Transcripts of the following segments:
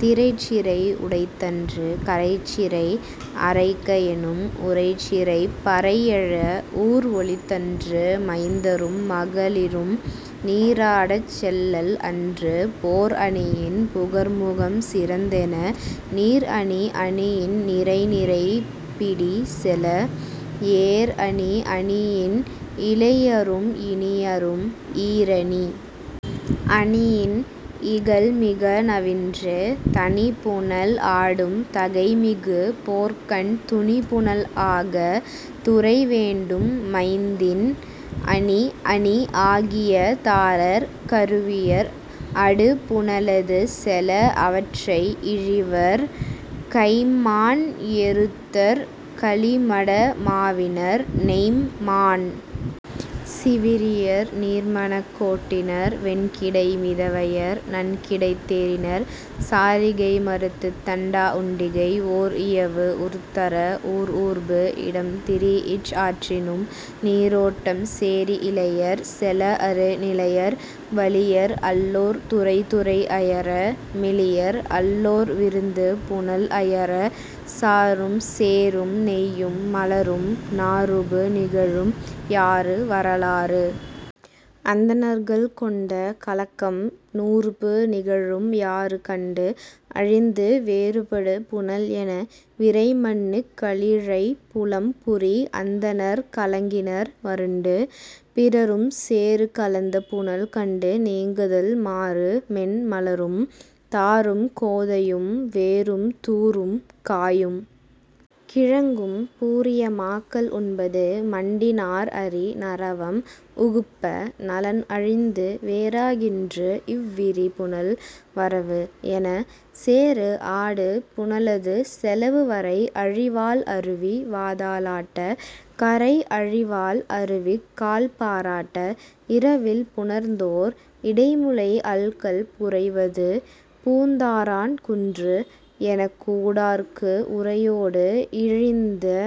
திரைச் சிறை உடைத்தன்று கரைச்சிறை; அறைக எனும் உரைச் சிறைப் பறை எழ, ஊர் ஒலித்தன்று மைந்தரும் மகளிரும் நீராடச் செல்லல் அன்று, போர் அணியின் புகர்முகம் சிறந்தென, நீர் அணி அணியின் நிரைநிரை பிடி செல: ஏர் அணி அணியின் இளையரும் இனியரும்-- ஈரணி அணியின், இகல் மிக நவின்று, தணி புனல் ஆடும் தகை மிகு போர்க்கண் துணி புனல் ஆக, துறை வேண்டும் மைந்தின் அணி அணி ஆகிய தாரர், கருவியர், அடு புனலது செல அவற்றை இழிவர்; கைம்மான் எருத்தர், கலி மட மாவினர், நெய்ம் மாண் சிவிறியர், நீர் மணக் கோட்டினர், வெண் கிடை மிதவையர், நன் கிடைத் தேரினர், சாரிகை மறுத்துத் தண்டா உண்டிகை ஓர் இயவு உறுத்தர ஊர்ஊர்பு இடம் திரீஇச் ஆற்றினது நீரோட்டம் சேரி இளையர் செல அரு நிலையர், வலியர் அல்லோர் துறைதுறை அயர, மெலியர் அல்லோர் விருந்து புனல் அயர, சாறும் சேறும் நெய்யும் மலரும் நாறுபு நிகழும், யாறு வரலாறு. அந்தணர்கள் கொண்ட கலக்கம் நாறுபு நிகழும் யாறு கண்டு, அழிந்து வேறுபடு புனல் என, விரை மண்ணுக் கலிழை, புலம் புரி அந்தணர் கலங்கினர், மருண்டு. பிறரும் சேறு கலந்த புனல் கண்டு நீங்குதல் மாறு மென் மலரும், தாரும் கோதையும், வேரும் தூரும், காயும் கிழங்கும், பூரிய மாக்கள் உண்பது மண்டி நார் அரி நறவம் உகுப்ப 'நலன் அழிந்து, வேறாகின்று இவ் விரி புனல் வரவு' என, சேறு ஆடு புனலது செலவு வரை அழி வால் அருவி வாதாலாட்ட, கரை அழி வால் அருவிக் கால் பாராட்ட, 'இரவில் புணர்ந்தோர் இடைமுலை அல்கல் புரைவது பூந் தாரான் குன்று' எனக் கூடார்க்கு உரையோடு இழிந்து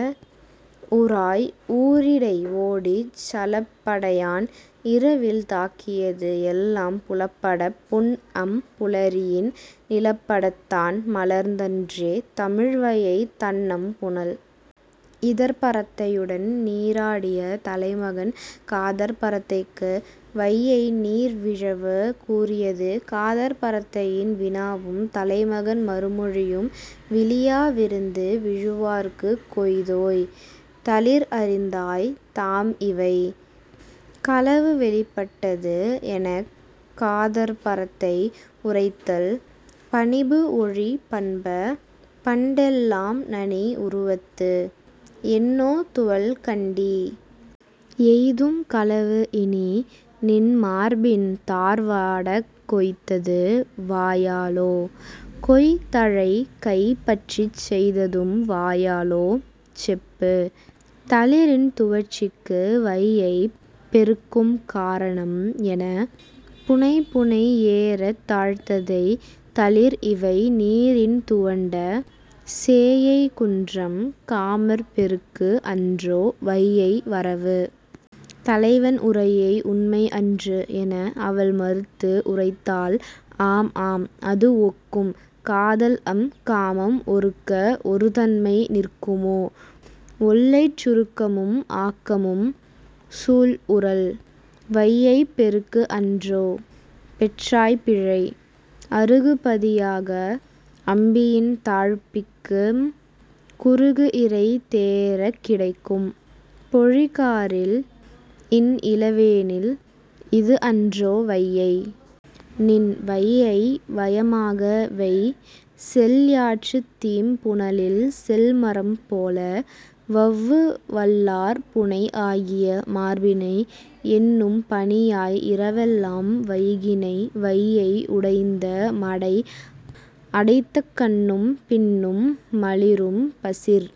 உராய், ஊரிடை ஓடிச், சலப் படையான் இரவில் தாக்கியது எல்லாம் புலப்படப் புன்அம் புலரியின் நிலப்படத் தான் மலர்ந்தன்றே தமிழ் வையைத் தண்ணம் புனல். இற்பரத்தையுடன் நீராடிய தலைமகன் காதற்பரத்தைக்கு வையை நீர் விழவு கூறியது காதற்பரத்தையின் வினாவும் தலைமகன் மறுமொழியும் 'விளியா விருந்து விழுவார்க்குக் கொய்தோய், 'தளிர் அறிந்தாய், தாம் இவை. ' களவு வெளிப்பட்டது எனக் காதற்பரத்தை உரைத்தல் 'பணிபு ஒழி பண்ப! --பண்டெல்லாம் நனி உருவத்து; என்னோ துவள் கண்டீ? -- எய்தும் களவு இனி: நின் மார்பின் தார் வாடக் கொய்ததும் வாயாளோ? கொய் தழை கை பற்றிச் செய்ததும் வாயாளோ? செப்பு. ' தளிரின் துவட்சிக்கு வையைப் பெருக்குக் காரணம் என 'புனை புனை ஏறத் தாழ்த்ததை; தளிர் இவை நீரின் துவண்ட; சேஎய் குன்றம்; காமர் பெருக்கு அன்றோ, வையை வரவு? ' தலைவன் உரையை 'உண்மை அன்று' என, அவள் மறுத்து உரைத்தல் 'ஆம் ஆம்; அது ஒக்கும்; காதல்அம் காமம் ஒருக்க ஒருதன்மை நிற்குமோ? ஒல்லைச் சுருக்கமும் ஆக்கமும் --- சூள் உறல்! --- வையைப் பெருக்கு அன்றோ? பெற்றாய் பிழை. அருகு பதியாக அம்பியின் தாழ்ப்பிக்கும், குருகு இரை தேரக் கிடக்கும்___பொழி காரில், இன் இளவேனில், இது அன்றோ வையை? நின் வையை வயமாக வை. செல் யாற்றுத் தீம் புனலில் செல் மரம் போல, வவ்வு வல்லார் புணை ஆகிய மார்பினை; என்னும் பனியாய் இரவெல்லாம் வைகினை; வையை உடைந்த மடை அடைத்தக்கண்ணும் பின்னும் மலிரும் பிசிர்